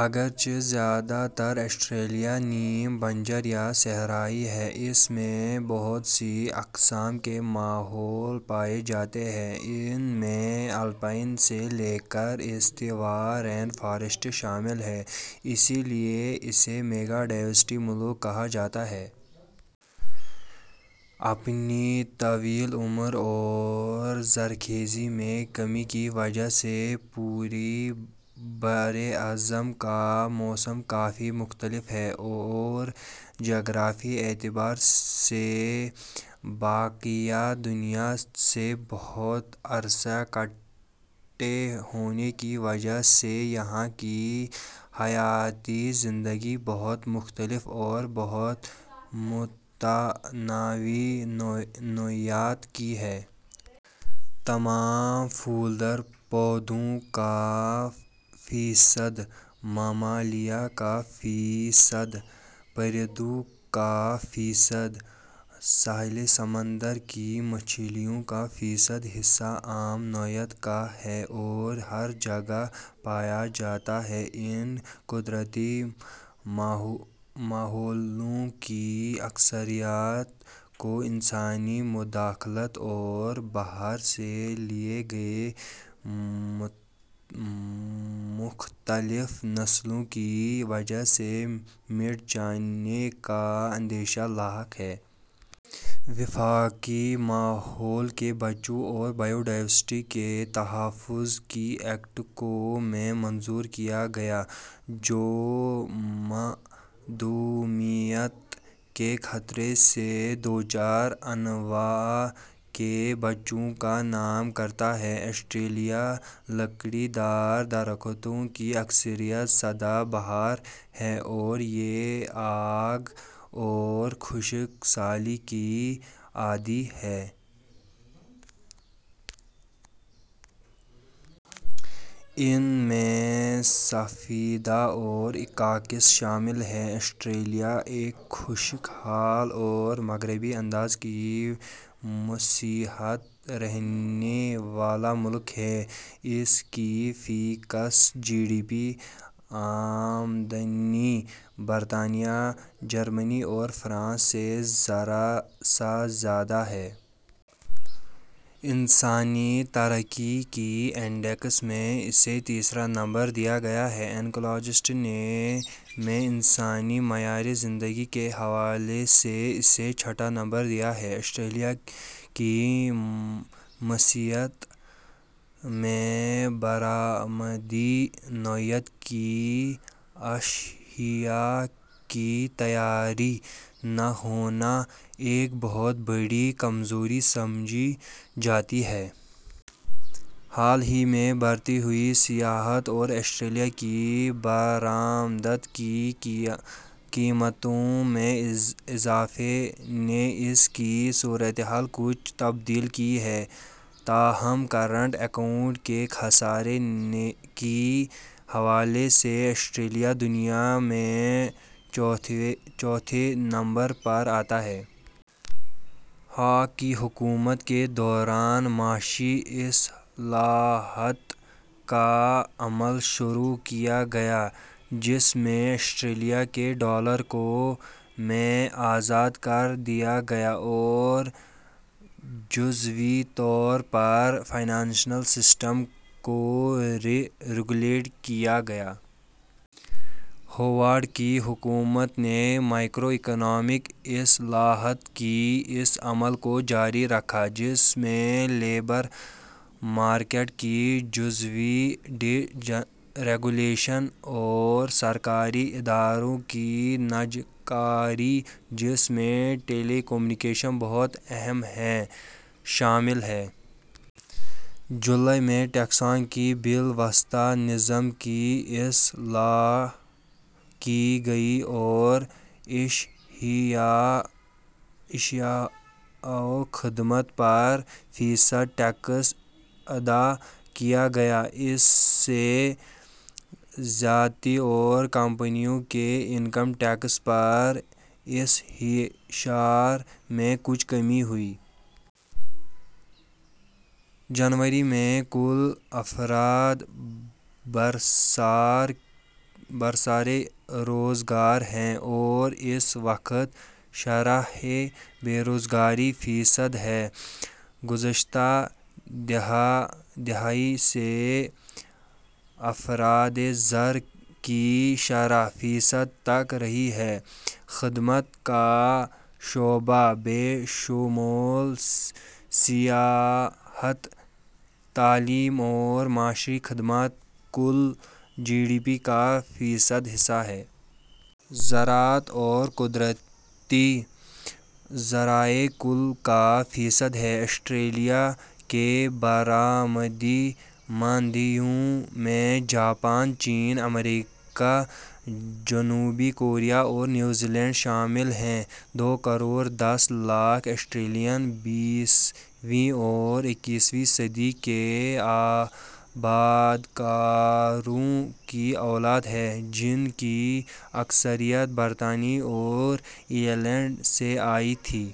اگرچہ زیادہ تر آسٹریلیا نیم بنجر یا صحرائی ہے، اس میں بہت سی اقسام کے ماحول پائے جاتے ہیں۔ ان میں الپائن سے لے کر استوائی رین فارسٹ شامل ہیں۔ اس لیے اسے میگا ڈائورسٹی ملک کہا جاتا ہے۔ اپنی طویل عمر اور زرخیزی میں کمی کی وجہ سے پورے براعظم کا موسم کافی مختلف ہے اور جغرافیائی اعتبار سے بقیہ دنیا سے بہت عرصہ کٹے ہونے کی وجہ سے یہاں کی حیاتیاتی زندگی بہت مختلف اور بہت متنوع نوعیت کی ہے۔ تمام پھولدار پودوں کا فیصد، ممالیہ کا فیصد، پرندوں کا فیصد، ساحل سمندر کی مچھلیوں کا فیصد حصہ عام نوعیت کا ہے اور ہر جگہ پایا جاتا ہے۔ ان قدرتی ماحولوں کی اکثریت کو انسانی مداخلت اور باہر سے لائی گئی مختلف نسلوں کی وجہ سے مٹ جانے کا اندیشہ لاحق ہے۔ وفاقی ماحول کے بچاؤ اور بائیو ڈائورسٹی کے تحفظ کے ایکٹ کو ء میں منظور کیا گیا جو معدومیت کے خطرے سے دوچار انواع کے بچاؤ کا کام کرتا ہے۔ آسٹریلوی لکڑی دار درختوں کی اکثریت سدا بہار ہے اور یہ آگ اور خشک سالی کے عادی ہیں۔ ان میں سفیدہ اور آکاکیاس شامل ہیں۔ آسٹریلیا ایک خوش حال اور مغربی انداز کی معیشت رکھنے والا ملک ہے۔ اس کی فی کس جی ڈی پی آمدنی برطانیہ، جرمنی اور فرانس سے ذرا سا زیادہ ہے۔ انسانی ترقی کے انڈیکس میں اسے تیسرا نمبر دیا گیا ہے۔ اکانومسٹ نے ء میں انسانی معیار زندگی کے ھوالے سے چھٹا نمبر دیا ہے۔ آسٹریلیا کی معیشت میں برآمدی نوعیت کی اشیا کی تیاری نہ ہونا ایک بہت بڑی کمزوری سمجھی جاتی ہے۔ حال ہی میں بڑھتی ہوئی سیاحت اور آسٹریلیا کی برآمدات کی قیمتوں میں اضافے نے اس پر کچھ صورت حال تبدیل کی ہے۔ تاہم کرنٹ اکاؤنٹ کے خسارے کے حوالے سے آسٹریلیا دنیا میں چوتھے نمبر پر آتا ہے۔ ہاک کی حکومت کے دوران معاشی اصلاحات کا عمل شروع کیا گیا جس میں آسٹریلیا کے ڈالر کو ء میں آزاد کر دیا گیا اور جزوی طور پر فنانشل سسٹم کو ڈی ریگولیٹ کیا گیا۔ ہاورڈ کی حکومت نے مائیکرواکنامک اصلاحات کے اس عمل کو جاری رکھا جس میں لیبر مارکیٹ کی جزوی ڈی ریگولیشن اور سرکاری اداروں کی نجکاری، جس میں ٹیلی کمیونیکیشن بہت اہم ہے، شامل ہیں۔ جولائی ء میں ٹیکسوں کے بالواسطہ نظام کی اصلاح کی گئی اوراشیا اور خدمات پر فیصد ٹیکس عائد کیا گیا۔ اس سے ذاتی اور کمپنیوں کے انکم ٹیکس پر انحصار میں کچھ کمی ہوئی۔ جنوری میں کل افراد برسر روزگار ہیں اور اس وقت شرح بے روزگاری ٫ فیصدی ہے۔ گذشتہ دہائی سے افراط زر کی شرح سے فیصد تک رہی ہے۔ خدمات کا شعبہ بشمول سیاحت، تعلیم اور معاشی خدمات کل جی ڈی پی کا فیصد حصہ ہیں۔ زراعت اور قدرتی ذرائع کل سے فیصد ہیں۔ آسٹریلیا کی برآمدی منڈیوں میں جاپان، چین ، امریکا، جنوبی کوریا اور نیوزی لینڈ شامل ہیں۔ دو کروڑ دس لاکھ آسٹریلوی ویں اور ویں صدی کے آبادکاروں کی اولاد ہیں جن کی اکثریت برطانیہ اور آئرلینڈ سے آئی تھی۔